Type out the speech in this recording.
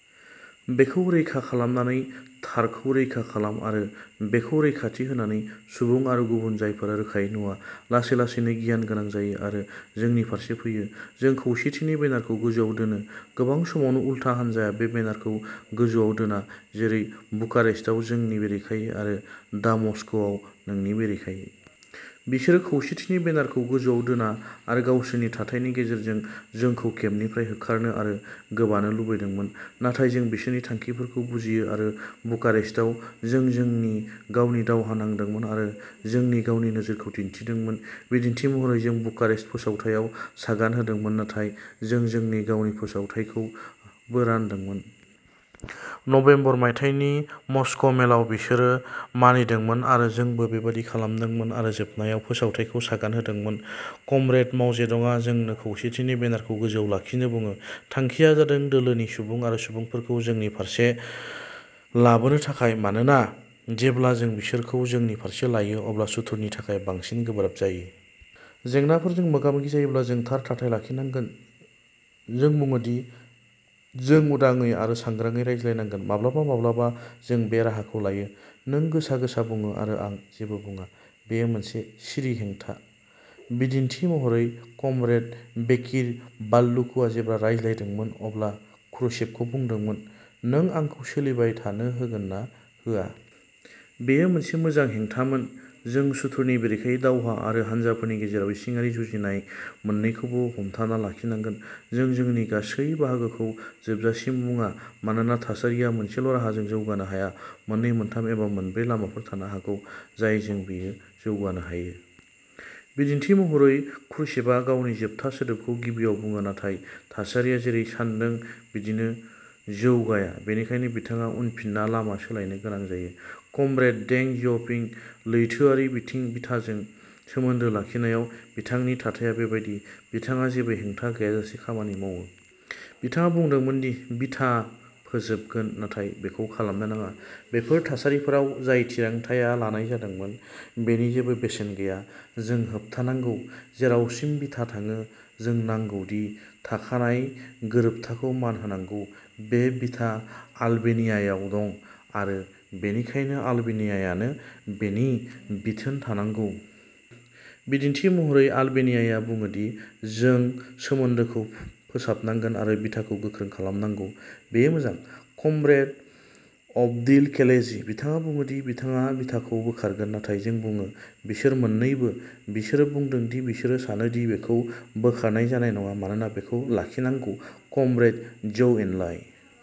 बेखौ रैखा खालामनानै थारखौ रैखा खालाम आरो बेखौ रैखाथि होनानै सुबुं आरो गुबुन जायफोरा रोखायै नुवा, लासै लासैनो गियानगोनां जायो आरो जोंनि फारसे फैयो। जों खौसेथिनि बेनारखौ गोजौआव दोनो। गोबां समावनो उल्था हानजाया बे बेनारखौ गोजौआव दोना, जेरै बुखारेस्टआव जोंनि बेरेखायै आरो दा मस्क'आव नोंनि बेरेखायै। बिसोर खौसेथिनि बेनारखौ गोजौआव दोना आरो गावसोरनि थाथायनि गेजेरजों जोंखौ केम्पनिफ्राय होखारनो आरो गोबानो लुबैदोंमोन। नाथाय जों बिसोरनि थांखिफोरखौ बुजियो आरो बुखारेस्टआव जों जोंनि गावनि दावहा नांदोंमोन आरो जोंनि गावनि नोजोरखौ दिन्थिदोंमोन। बिदिन्थि महरै, जों बुखारेस्ट फोसावथायाव सागान होदोंमोन, नाथाय जों जोंनि गावनि फोसावथाइखौबो रानदोंमोन। नबेम्बर मायथाइनि मस्क'मेलाव, बिसोरो मानिदोंमोन आरो जोंबो बेबादि खालामदोंमोन आरो जोबनायाव, फोसावथाइखौ सागान होदोंमोन। कमरेड माव जेडंआ जोंनो खौसेथिनि बेनारखौ गोजौआव लाखिनो बुङो। थांखिया जादों दोलोनि सुबुं आरो सुबुंफोरखौ जोंनि फारसे लाबोनो थाखाय, मानोना जेब्ला जों बिसोरखौ जोंनि फारसे लायो, अब्ला सुथुरनि थाखाय बांसिन गोब्राब जायो। जेंनाफोरजों मोगा-मोगि जायोब्ला जों थार थाथाय लाखिनांगोन। जों बुङो दि जों उदाङै आरो सांग्राङै रायज्लायनांगोन। माब्लाबा माब्लाबा जों बे राहाखौ लायोः नों गोसा-गोसा बुङो, आरो आं जेबो बुंया। बेयो मोनसे सिरि हेंथा। बिदिन्थि महरै, कमरेड बेकिर बाल्लुकुआ जेब्ला रायज्लायदोंमोन, अब्ला क्रुश्चेभखौ बुंदोंमोन, "नों आंखौ सोलिबाय थानो होगोन ना होआ?" बेयो मोनसे मोजां हेंथामोन। जों सुथुरनि बेरेखायै दावहा आरो हानजाफोरनि गेजेराव इसिङारि जुजिनाय मोन्नैखौबो हमथाना लाखिनांगोन। जों जोंनि गासै बाहागोखौ जोबजासिम बुंया, मानोना थासारिया मोनसेल'राहाजों जौगानो हाया। मोननै, मोनथाम, एबा मोनब्रै लामाफोर थानो हागौ जायजों बेयो जौगानो हायो। बिदिन्थि महरै, क्रुश्चेभआ गावनि जोबथा सोदोबखौ गिबियाव बुङो, नाथाय थासारिया जेरै सान्दों बिदिनो जौगाया, बेनिखायनो बिथाङा उनफिनना लामा सोलायनो गोनां जायो। कमरेड दें यओपिंः लैथोआरि बिथाजों सोमोन्दो लाखिनायाव बिथांनि थाथाया बेबायदि। बिथाङा जेबो हेंथा गैयाजासे खामानि मावो। बिथाङा बुंदोंमोन दि बिथा फोजोबगोन, नाथाय बेखौ खालामनो नाङा। बेफोर थासारिफोराव जाय थिरांथाया लानाय जादोंमोन, बेनि जेबो बेसेन गैया। जों होबथानांगौ। जेरावसिम बिथा थाङो, जों नांगौ दि थाखानाय गोरोबथाखौ मान होनांगौ। बे बिथा आलबेनियायाव दं, आरो बेनिखायनो आलबेनियानो बेनि बिथोन थानांगौ। बिदिन्थि महरै, आलबेनियाया बुङो दि जों सोमोन्दोखौ फोसाबनांगोन आरो बिथाखौ गोख्रों खालामनांगौ। बेयो मोजां। कमरेड अब्दिल केलेजीः बिथाङा बुङो दि बिथाङा बिथाखौ बोखारगोन, नाथाय जों बुङो। बिसोर मोन्नैबोः बिसोरो बुंदों दि बिसोरो सानो दि बेखौ बोखारनाय जानाय नङा, मानोना बेखौ लाखिनांगौ। Comrade झौ Enlai